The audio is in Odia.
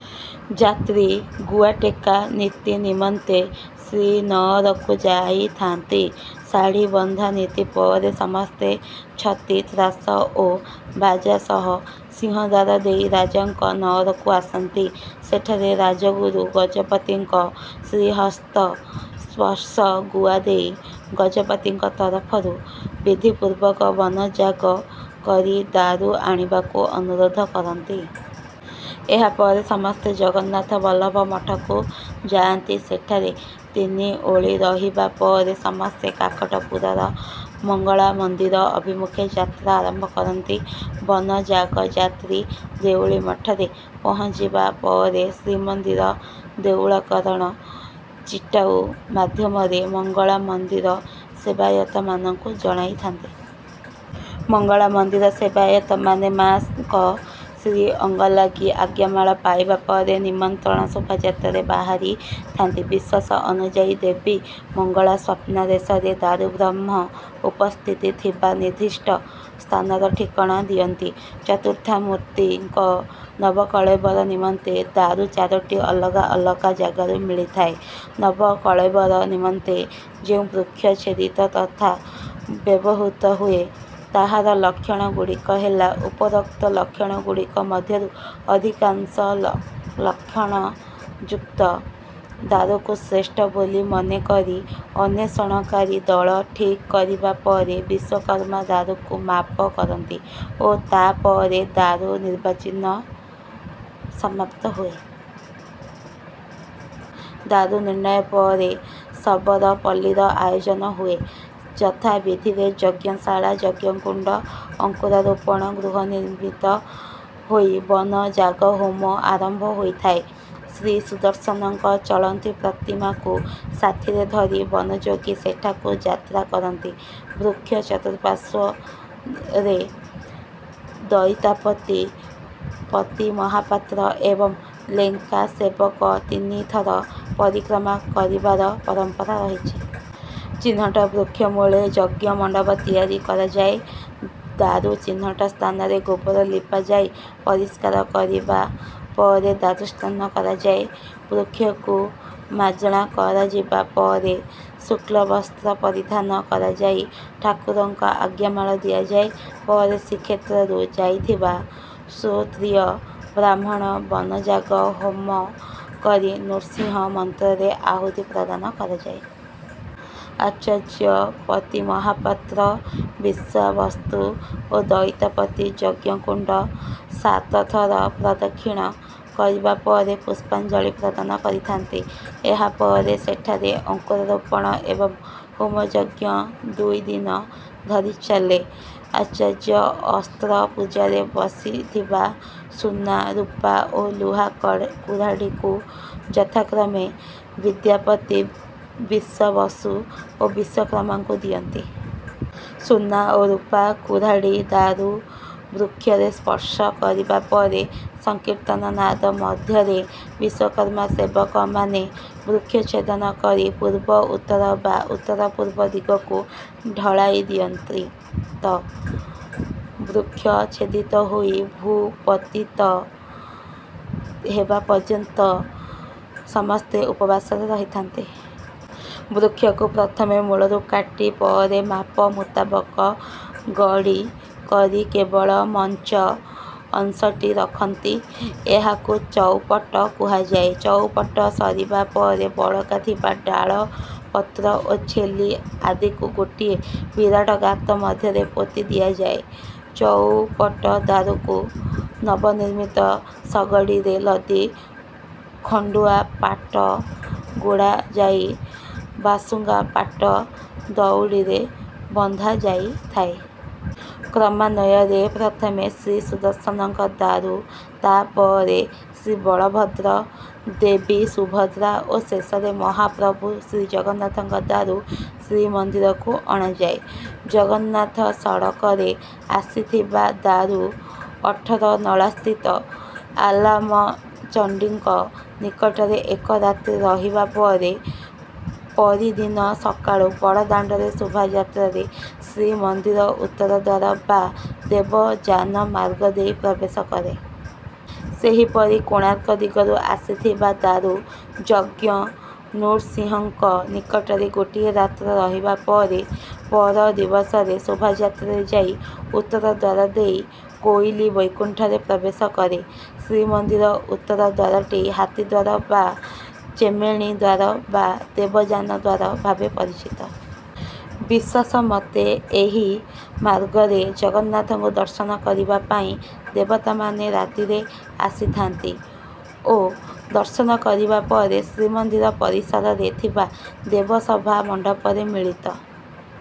ଯାତ୍ରୀ ଗୁଆଟେକା ନୀତି ନିମନ୍ତେ ଶ୍ରୀନଅରକୁ ଯାଇଥାନ୍ତି। ଶାଢ଼ୀବନ୍ଧା ନୀତି ପରେ ସମସ୍ତେ ଛତି, ତ୍ରାସ ଓ ବାଜା ସହ ସିଂହଦ୍ୱାର ଦେଇ ରାଜାଙ୍କ ନଅରକୁ ଆସନ୍ତି। ସେଠାରେ ରାଜଗୁରୁ ଗଜପତିଙ୍କ ଶ୍ରୀହସ୍ତ ସ୍ପର୍ଶ ଗୁଆ ଦେଇ ଗଜପତିଙ୍କ ତରଫରୁ ବିଧିପୂର୍ବକ ବନଯାଗ କରି ଦାରୁ ଆଣିବାକୁ ଅନୁରୋଧ କରନ୍ତି। ଏହା ପରେ ସମସ୍ତେ ଜଗନ୍ନାଥ ବଲ୍ଲଭ ମଠକୁ ଯାଆନ୍ତି। ସେଠାରେ ତିନି ଓଳି ରହିବା ପରେ ସମସ୍ତେ କାକଟପୁରର ମଙ୍ଗଳା ମନ୍ଦିର ଅଭିମୁଖେ ଯାତ୍ରା ଆରମ୍ଭ କରନ୍ତି। ବନଯାଗ ଯାତ୍ରୀ ଦେଉଳିମଠରେ ପହଞ୍ଚିବା ପରେ ଶ୍ରୀମନ୍ଦିର ଦେଉଳକରଣ ଚିଟାଉ ମାଧ୍ୟମରେ ମଙ୍ଗଳା ମନ୍ଦିର ସେବାୟତମାନଙ୍କୁ ଜଣାଇଥାନ୍ତି। ମଙ୍ଗଳା ମନ୍ଦିର ସେବାୟତମାନେ ମା'ଙ୍କ ଶ୍ରୀଅଙ୍ଗଲାଗି ଆଜ୍ଞାମାଳ ପାଇବାପରେ ନିମନ୍ତ୍ରଣ ଶୋଭାଯାତ୍ରାରେ ବାହାରିଥାନ୍ତି। ବିଶ୍ୱାସ ଅନୁଯାଇ ଦେବୀ ମଙ୍ଗଳା ସ୍ୱପ୍ନାଦେଶରେ ଦାରୁବ୍ରହ୍ମ ଉପସ୍ଥିତି ଥିବା ନିର୍ଦ୍ଧିଷ୍ଠ ସ୍ଥାନର ଠିକଣା ଦିଅନ୍ତି। ଚତୁର୍ଦ୍ଧାମୁର୍ତ୍ତୀଙ୍କ ନବକଳେବର ନିମନ୍ତେ ଦାରୁ ଚାରୋଟି ଅଲଗା ଅଲଗା ଜାଗାରୁ ମିଳିଥାଏ। ନବକଳେବର ନିମନ୍ତେ ଯେଉଁ ବୃକ୍ଷ ଛେଦିତ ତଥା ବ୍ୟବହୃତ ହୁଏ। ତାହାର ଲ ଲକ୍ଷଣ ଗୁଡ଼ିକ ହେଲା ଉପରୋକ୍ତ ଲକ୍ଷଣଗୁଡ଼ିକ ମଧ୍ୟରୁ ଅଧିକାଂଶ ଲକ୍ଷଣଯୁକ୍ତ ଦାରୁକୁ ଶ୍ରେଷ୍ଠ ବୋଲି ମନେ କରି ଅନ୍ୱେଷଣକାରୀ ଦଳ ଠିକ୍ କରିବା ପରେ ବିଶ୍ୱକର୍ମା ଦାରୁକୁ ମାପ କରନ୍ତି ଓ ତାପରେ ଦାରୁ ନିର୍ବାଚିନ ସମାପ୍ତ ହୁଏ। ଦାରୁ ନିର୍ଣ୍ଣୟ ପରେ ଶବର ପଲ୍ଲୀର ଆୟୋଜନ ହୁଏ। ଯଥାବିଧିରେ ଯଜ୍ଞଶାଳା, ଯଜ୍ଞକୁଣ୍ଡ, ଅଙ୍କୁରାରୋପଣ ଗୃହ ନିର୍ମିତ ହୋଇ ବନଯାଗ ହୋମ ଆରମ୍ଭ ହୋଇଥାଏ। ଶ୍ରୀସୁଦର୍ଶନଙ୍କ ଚଳନ୍ତି ପ୍ରତିମାକୁ ସାଥିରେ ଧରି ବନଯୋଗୀ ସେଠାକୁ ଯାତ୍ରା କରନ୍ତି। ବୃକ୍ଷ ଚତୁଃପାଶ୍ୱରେ ଦଇତାପତି, ପତିମହାପାତ୍ର ଏବଂ ଲେଙ୍କା ସେବକ ତିନିଥର ପରିକ୍ରମା କରିବାର ପରମ୍ପରା ରହିଛି। ଚିହ୍ନଟ ବୃକ୍ଷମୂଳେ ଯଜ୍ଞମଣ୍ଡପ ତିଆରି କରାଯାଏ। ଦାରୁ ଚିହ୍ନଟ ସ୍ଥାନରେ ଗୋବର ଲିପାଯାଇ ପରିସ୍କାର କରିବା ପରେ ଦାରୁ ସ୍ନାନ କରାଯାଏ। ବୃକ୍ଷକୁ ମାଜଣା କରାଯିବା ପରେ ଶୁକ୍ଳବସ୍ତ୍ର ପରିଧାନ କରାଯାଇ ଠାକୁରଙ୍କ ଆଜ୍ଞାମାଳ ଦିଆଯାଏ। ପରେ ଶ୍ରୀକ୍ଷେତ୍ରରୁ ଯାଇଥିବା ସୋତ୍ରୀୟ ବ୍ରାହ୍ମଣ ବନଯାଗ ହୋମ କରି ନୃସିଂହ ମନ୍ତ୍ରରେ ଆହୂତି ପ୍ରଦାନ କରାଯାଏ। ଆଚାର୍ଯ୍ୟ, ପତିମହାପାତ୍ର, ବିଶ୍ୱାବସ୍ତୁ ଓ ଦଇତାପତି ଯଜ୍ଞକୁଣ୍ଡ ସାତ ଥର ପ୍ରଦକ୍ଷିଣ କରିବା ପରେ ପୁଷ୍ପାଞ୍ଜଳି ପ୍ରଦାନ କରିଥାନ୍ତି। ଏହାପରେ ସେଠାରେ ଅଙ୍କୁରାରୋପଣ ଏବଂ ହୋମଯଜ୍ଞ ଦୁଇଦିନ ଧରି ଚାଲେ। ଆଚାର୍ଯ୍ୟ ଅସ୍ତ୍ରପୂଜାରେ ବସିଥିବା ସୁନା, ରୁପା ଓ ଲୁହା କର୍ କୁରାଢ଼ୀକୁ ଯଥାକ୍ରମେ ବିଦ୍ୟାପତି, ବିଶ୍ୱାବସୁ ଓ ବିଶ୍ୱକର୍ମାଙ୍କୁ ଦିଅନ୍ତି। ସୁନା ଓ ରୁପା କୁରାଢ଼ୀ ଦାରୁ ବୃକ୍ଷରେ ସ୍ପର୍ଶ କରିବା ପରେ ସଂକୀର୍ତ୍ତନ ନାଦ ମଧ୍ୟରେ ବିଶ୍ୱକର୍ମା ସେବକମାନେ ବୃକ୍ଷ ଚ୍ଛେଦନ କରି ପୂର୍ବ, ଉତ୍ତର ବା ଉତ୍ତର-ପୂର୍ବ ଦିଗକୁ ଢଳାଇ ଦିଅନ୍ତ। ତ ବୃକ୍ଷ ଛେଦିତ ହୋଇ ଭୂପତିତ ହେବା ପର୍ଯନ୍ତ ସମସ୍ତେ ଉପବାସରେ ରହିଥାନ୍ତି। ବୃକ୍ଷକୁ ପ୍ରଥମେ ମୂଳରୁ କାଟି ପରେ ମାପ ମୁତାବକ ଗଡ଼ି କରି କେବଳ ମଞ୍ଜ ଅଂଶଟି ରଖନ୍ତି। ଏହାକୁ ଚଉପଟ କୁହାଯାଏ। ଚଉପଟ ସରିବା ପରେ ବଳକା ଥିବା ଡାଳ, ପତ୍ର ଓ ଛେଲି ଆଦିକୁ ଗୋଟିଏ ବିରାଟ ଗାତ ମଧ୍ୟରେ ପୋତି ଦିଆଯାଏ। ଚଉପଟ ଦାରୁକୁ ନବନିର୍ମିତ ଶଗଡ଼ିରେ ଲଦି ଖଣ୍ଡୁଆ ପାଟ ଗୁଡ଼ାଯାଇ ବାସୁଙ୍ଗା ପାଟ ଦଉଡ଼ିରେ ବନ୍ଧାଯାଇଥାଏ। କ୍ରମାନ୍ୱୟରେ ପ୍ରଥମେ ଶ୍ରୀସୁଦର୍ଶନଙ୍କ ଦାରୁ ତାପରେ ଶ୍ରୀବଳଭଦ୍ର, ଦେବୀ ସୁଭଦ୍ରା ଓ ଶେଷରେ ମହାପ୍ରଭୁ ଶ୍ରୀଜଗନ୍ନାଥଙ୍କ ଦାରୁ ଶ୍ରୀମନ୍ଦିରକୁ ଅଣାଯାଏ। ଜଗନ୍ନାଥ ସଡ଼କରେ ଆସିଥିବା ଦାରୁ ଅଠରନଳାସ୍ଥିତ ଆଲାମଚଣ୍ଡିଙ୍କ ନିକଟରେ ଏକ ରାତ୍ରି ରହିବା ପରେ ପରିଦିନ ସକାଳୁ ବଡ଼ଦାଣ୍ଡରେ ଶୋଭାଯାତ୍ରାରେ ଶ୍ରୀମନ୍ଦିର ଉତ୍ତର ଦ୍ୱାର ବା ଦେବଯାନ ମାର୍ଗ ଦେଇ ପ୍ରବେଶ କରେ। ସେହିପରି କୋଣାର୍କ ଦିଗରୁ ଆସିଥିବା ଦାରୁ ଯଜ୍ଞନୃସିଂହଙ୍କ ନିକଟରେ ଗୋଟିଏ ରାତ୍ର ରହିବା ପରେ ପର ଦିବସରେ ଶୋଭାଯାତ୍ରାରେ ଯାଇ ଉତ୍ତର ଦ୍ୱାର ଦେଇ କୋଇଲି ବୈକୁଣ୍ଠରେ ପ୍ରବେଶ କରେ। ଶ୍ରୀମନ୍ଦିର ଉତ୍ତରଦ୍ୱାରଟି ହାତୀଦ୍ୱାର ବା ଚେମେଣୀ ଦ୍ୱାର ବା ଦେବଯାନ ଦ୍ୱାର ଭାବେ ପରିଚିତ। ବିଶ୍ୱାସମତେ ଏହି ମାର୍ଗରେ ଜଗନ୍ନାଥଙ୍କୁ ଦର୍ଶନ କରିବା ପାଇଁ ଦେବତାମାନେ ରାତିରେ ଆସିଥାନ୍ତି ଓ ଦର୍ଶନ କରିବା ପରେ ଶ୍ରୀମନ୍ଦିର ପରିସରରେ ଥିବା ଦେବସଭା ମଣ୍ଡପରେ ମିଳିତ